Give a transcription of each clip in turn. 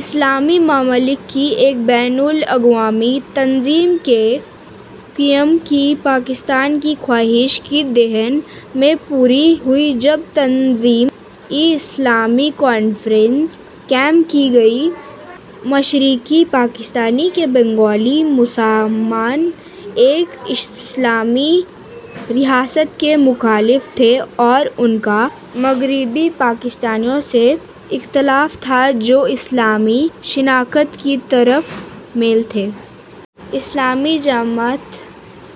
اسلامی ممالک کی ایک بین الاقوامی تنظیم کے قیام کی پاکستان کی خواہش کی دہائی میں پوری ہوئی جب تنظیمِ اسلامی کانفرنس قائم کی گئی۔ مشرقی پاکستان کے بنگالی مسلمان ایک اسلامی ریاست کے مخالف تھے اور ان کا مغربی پاکستانیوں سے اختلاف تھا جو اسلامی شناخت کی طرف مائل تھے۔ اسلامی جماعت،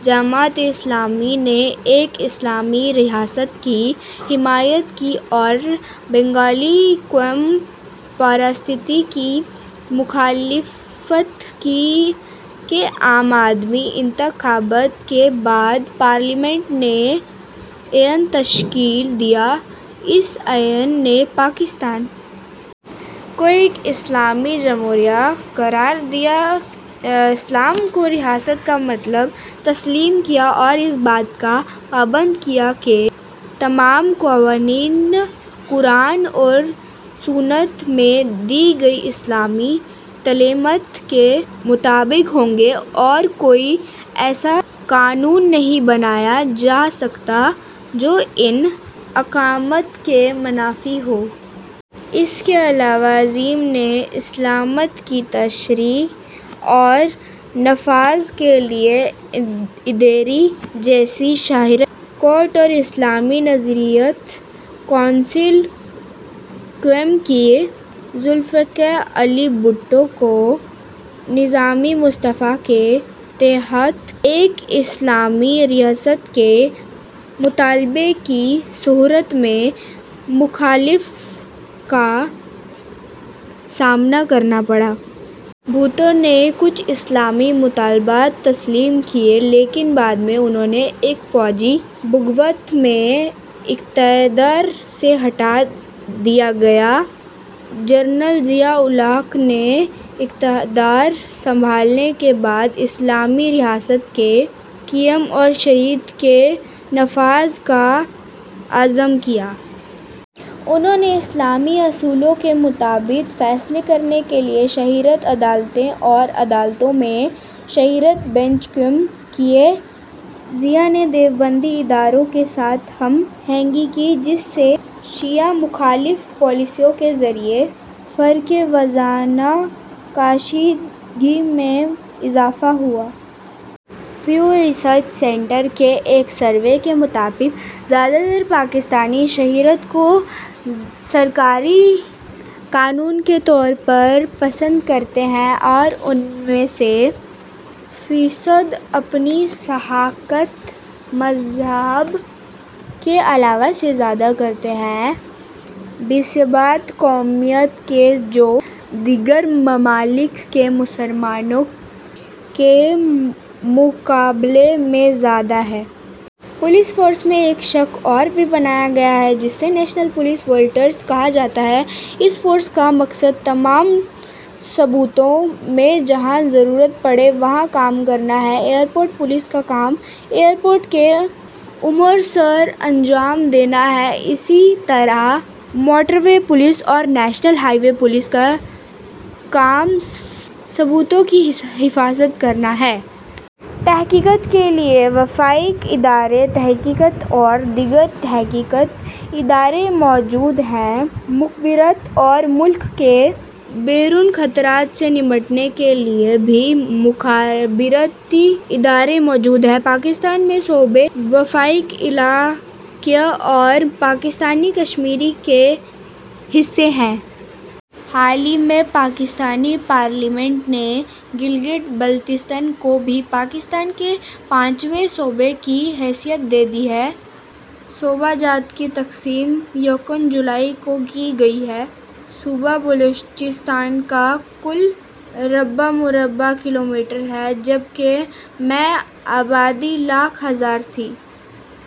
جماعتِ اسلامی نے ایک اسلامی ریاست کی حمایت کی اور بنگالی قوم پرستی کی مخالفت کی۔ کے عام انتخابات کے بعد، پارلیمنٹ نے کا آئین تشکیل دیا۔ اس آئین نے پاکستان کو ایک اسلامی جمہوریہ قرار دیا، اسلام کو ریاست کا مذہب تسلیم کیا اور اس بات کا پابند کیا کہ تمام قوانین قرآن اور سنت میں دی گئی اسلامی تعلیمات کے مطابق ہوں گے اور کوئی ایسا قانون نہیں بنایا جا سکتا جو ان احکامات کے منافی ہو۔ اس کے علاوہ، اس آئین نے اسلام کی تشریح اور نفاذ کے لیے ادارے جیسے شریعت کورٹ اور اسلامی نظریاتی کونسل قائم کیے۔ ذو الفقار علی بھٹو کو نظامِ مصطفیٰ کے تحت ایک اسلامی ریاست کے مطالبے کی صورت میں مخالفت کا سامنا کرنا پڑا۔ بھٹو نے کچھ اسلامی مطالبات تسلیم کیے، لیکن بعد میں انھیں ایک فوجی بغاوت میں اقتدار سے ہٹا دیا گیا۔ جنرل ضیاء الحق نے اقتدار سنبھالنے کے بعد اسلامی ریاست کے قیام اور شریعت کے نفاذ کا عزم کیا۔ انھوں نے اسلامی اصولوں کے مطابق فیصلے کرنے کے لیے شریعت عدالتیں اور عدالتوں میں شریعت بنچ قائم کیے۔ ضیاء نے دیوبندی اداروں کے ساتھ ہم آہنگی کی، جس سے شیعہ مخالف پالیسیوں کے ذریعے فرقہ وارانہ کشیدگی میں اضافہ ہوا۔ پیو ریسرچ سینٹر کے ایک سروے کے مطابق، زیادہ تر پاکستانی شریعت کو سرکاری قانون کے طور پر پسند کرتے ہیں اور ان میں سے فیصد اپنی شناخت مذہب کے حوالے سے زیادہ کرتے ہیں بنسبت قومیت کے، جو دیگر ممالک کے مسلمانوں کے مقابلے میں زیادہ ہے۔ پولیس فورس میں ایک الگ شاخ بھی بنایا گیا ہے جسے پولیس قومی رضا کار کہا جاتا ہے، اس فورس کا مقصد تمام صوبوں میں جہاں ضرورت پڑے وہاں کام کرنا ہے۔ ایئرپورٹ پولیس کا کام ایئرپورٹ کے امور سر انجام دینا ہے اسی طرح موٹروے پولیس اور قومی شاہراہ پولیس کا کام سڑکوں کی حفاظت ہے۔ تحقیقات کے لیے وفاقی ادارۂ تحقیقات اور دیگر تحقیقاتی ادارے موجود ہیں۔ مخابرات اور ملک کے بیرون خطرات سے نمٹنے کے لیے بھی مخابراتی ادارے موجود ہیں۔ پاکستان میں صوبے، وفاقی علاقے اور پاکستانی کشمیر کے حصے ہیں۔ حال ہی میں پاکستانی پارلیمنٹ نے گلگت بلتستان کو بھی پاکستان کے پانچویں صوبے کی حیثیت دے دی ہے۔ صوبہ جات کی تقسیم یکم جولائی ء کو کی گئی۔ صوبہ بلوچستان کا کل رقبہ مربع کلومیٹر ہے جبکہ ء میں آبادی لاکھ ہزار تھی۔